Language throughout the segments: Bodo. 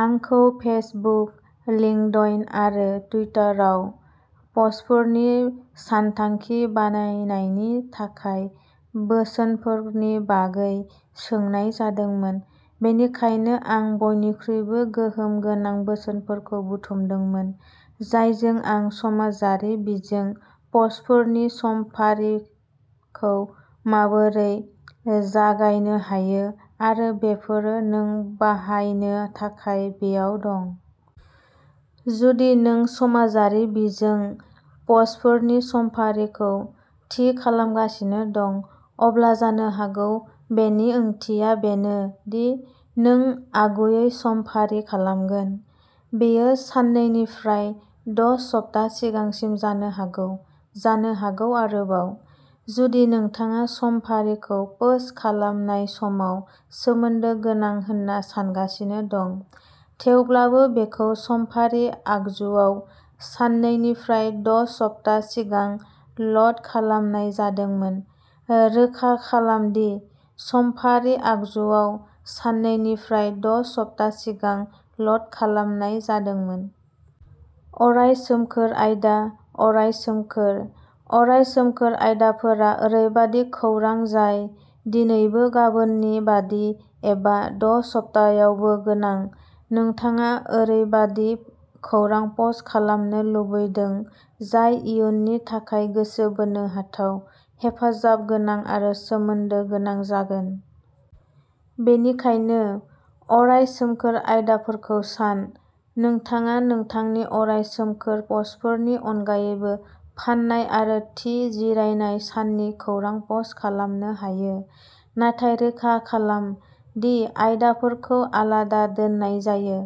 आंखौ फेसबुक, लिंकडइन आरो टुइटाराव पस्टफोरनि सानथांखि बानायनायनि थाखाय बोसोनफोरनि बागै सोंनाय जादोंमोन, बेनिखायनो आं बयनिख्रुइबो गोहोम गोनां बोसोनफोरखौ बुथुमदोंमोन, जायजों आं समाजारि बिजों पस्टफोरनि समफारिखौ माबोरै जागायनो हायो, आरो बेफोरो नों बाहायनो थाखाय बेयाव दं। जुदि नों समाजारि बिजों पस्टफोरनि समफारिखौ थि खालामगासिनो दं, अब्ला जानो हागौ बेनि ओंथिया बेनो दि नों आगुयै समफारि खालामगोन। बेयो साननैनिफ्राय द'सप्ता सिगांसिम जानो हागौ, जानो हागौ आरोबाव। जुदि नोंथाङा समफारिखौ पोस्ट खालामनाय समाव सोमोन्दो गोनां होनना सान्गासिनो दं, थेवब्लाबो बेखौ समफारि आगजुआव साननैनिफ्राय द'सप्ता सिगां ल'ड खालामनाय जादोंमोन, रोखा खालाम दि समफारि आगजुआव साननैनिफ्राय द'सप्ता सिगां ल'ड खालामनाय जादोंमोन। अराय सोमखोर आयदा अराय सोमखोर। अराय सोमखोर आयदाफोरा ओरैबायदि खौरां जाय दिनैबो गाबोननि बायदि एबा द'सप्तायावबो गोनां। नोंथाङा ओरैबायदि खौरां पस्ट खालामनो लुबैदों जाय इयुननि थाखाय गोसो बोनो हाथाव, हेफाजाब गोनां आरो सोमोन्दो गोनां जागोन। बेनिखायनो, अराय सोमखोर आयदाफोरखौ सान। नोंथाङा नोंथांनि अराय सोमखोर पस्टफोरनि अनगायैबो फान्नाय आरो थि जिरायनाय साननि खौरां पस्ट खालामनो हायो, नाथाय रोखा खालाम दि आयदाफोरखौ आलादा दोननाय जायो।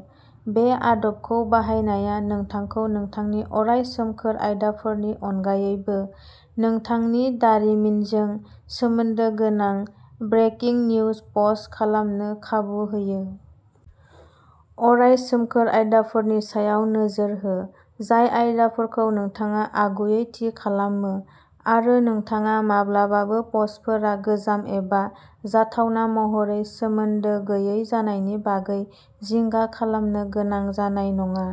बे आदबखौ बाहायनाया नोंथांखौ नोंथांनि अराय सोमखोर आयदाफोरनि अनगायैबो नोंथांनि दारिमिनजों सोमोन्दो गोनां ब्रेकिं निउज पस्ट खालामनो खाबु होयो। अराय सोमखोर आयदाफोरनि सायाव नोजोर हो, जाय आयदाफोरखौ नोंथाङा आगुयै थि खालामो, आरो नोंथाङा माब्लाबाबो पस्टफोरा गोजाम एबा जाथावना महरै सोमोन्दो गैयै जानायनि बागै जिंगा खालामनो गोनां जानाय नङा।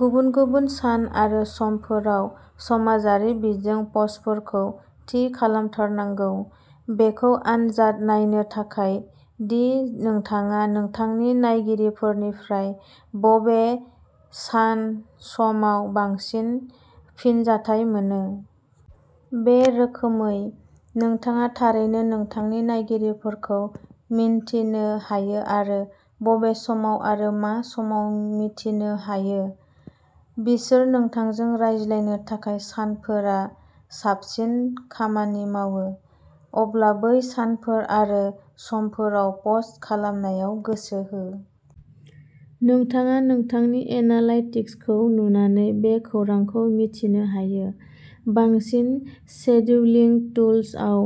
गुबुन-गुबुन सान आरो समफोराव समाजारि बिजों पस्टफोरखौ थि खालामथारनांगौ, बेखौ आनजाद नायनो थाखाय दि नोंथाङा नोंथांनि नायगिरिफोरनिफ्राय बबे सान/समाव बांसिन फिनजाथाय मोनो। बे रोखोमै, नोंथाङा थारैनो नोंथांनि नायगिरिफोरखौ मिन्थिनो हायो आरो बबे समाव आरो मा समाव मिथिनो हायो। बिसोर नोंथांजों रायज्लायनो थाखाय सानफोरा साबसिन खामानि मावो। अब्ला बै सानफोर आरो समफोराव पस्ट खालामनायाव गोसो हो। नोंथाङा नोंथांनि एनालाइटिक्सखौ नुनानै बे खौरांखौ मिथिनो हायो। बांसिन सेडुउलिं टुल्स आव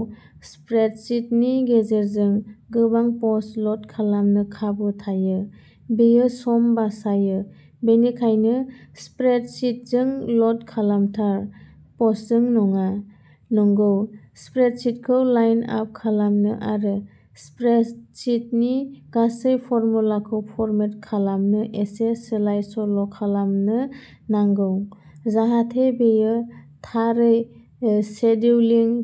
स्प्रेडशीटनि गेजेरजों गोबां पस्ट ल'ड खालामनो खाबु थायो। बेयो सम बासायो, बेनिखायनो स्प्रेडशीटजों ल'ड खालामथार, पस्टजों नङा। नंगौ, स्प्रेडशीटखौ लाइन आप खालामनो आरो स्प्रेडशीटनि गासैबो फर्मुलाखौ फरमेट खालामनो एसे सोलाय-सोल'खालामनो नांगौ, जाहाथे बेयो थारै सेडुउलिं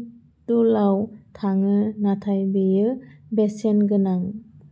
टुलआव थाङो, नाथाय बेयो बेसेनगोनां।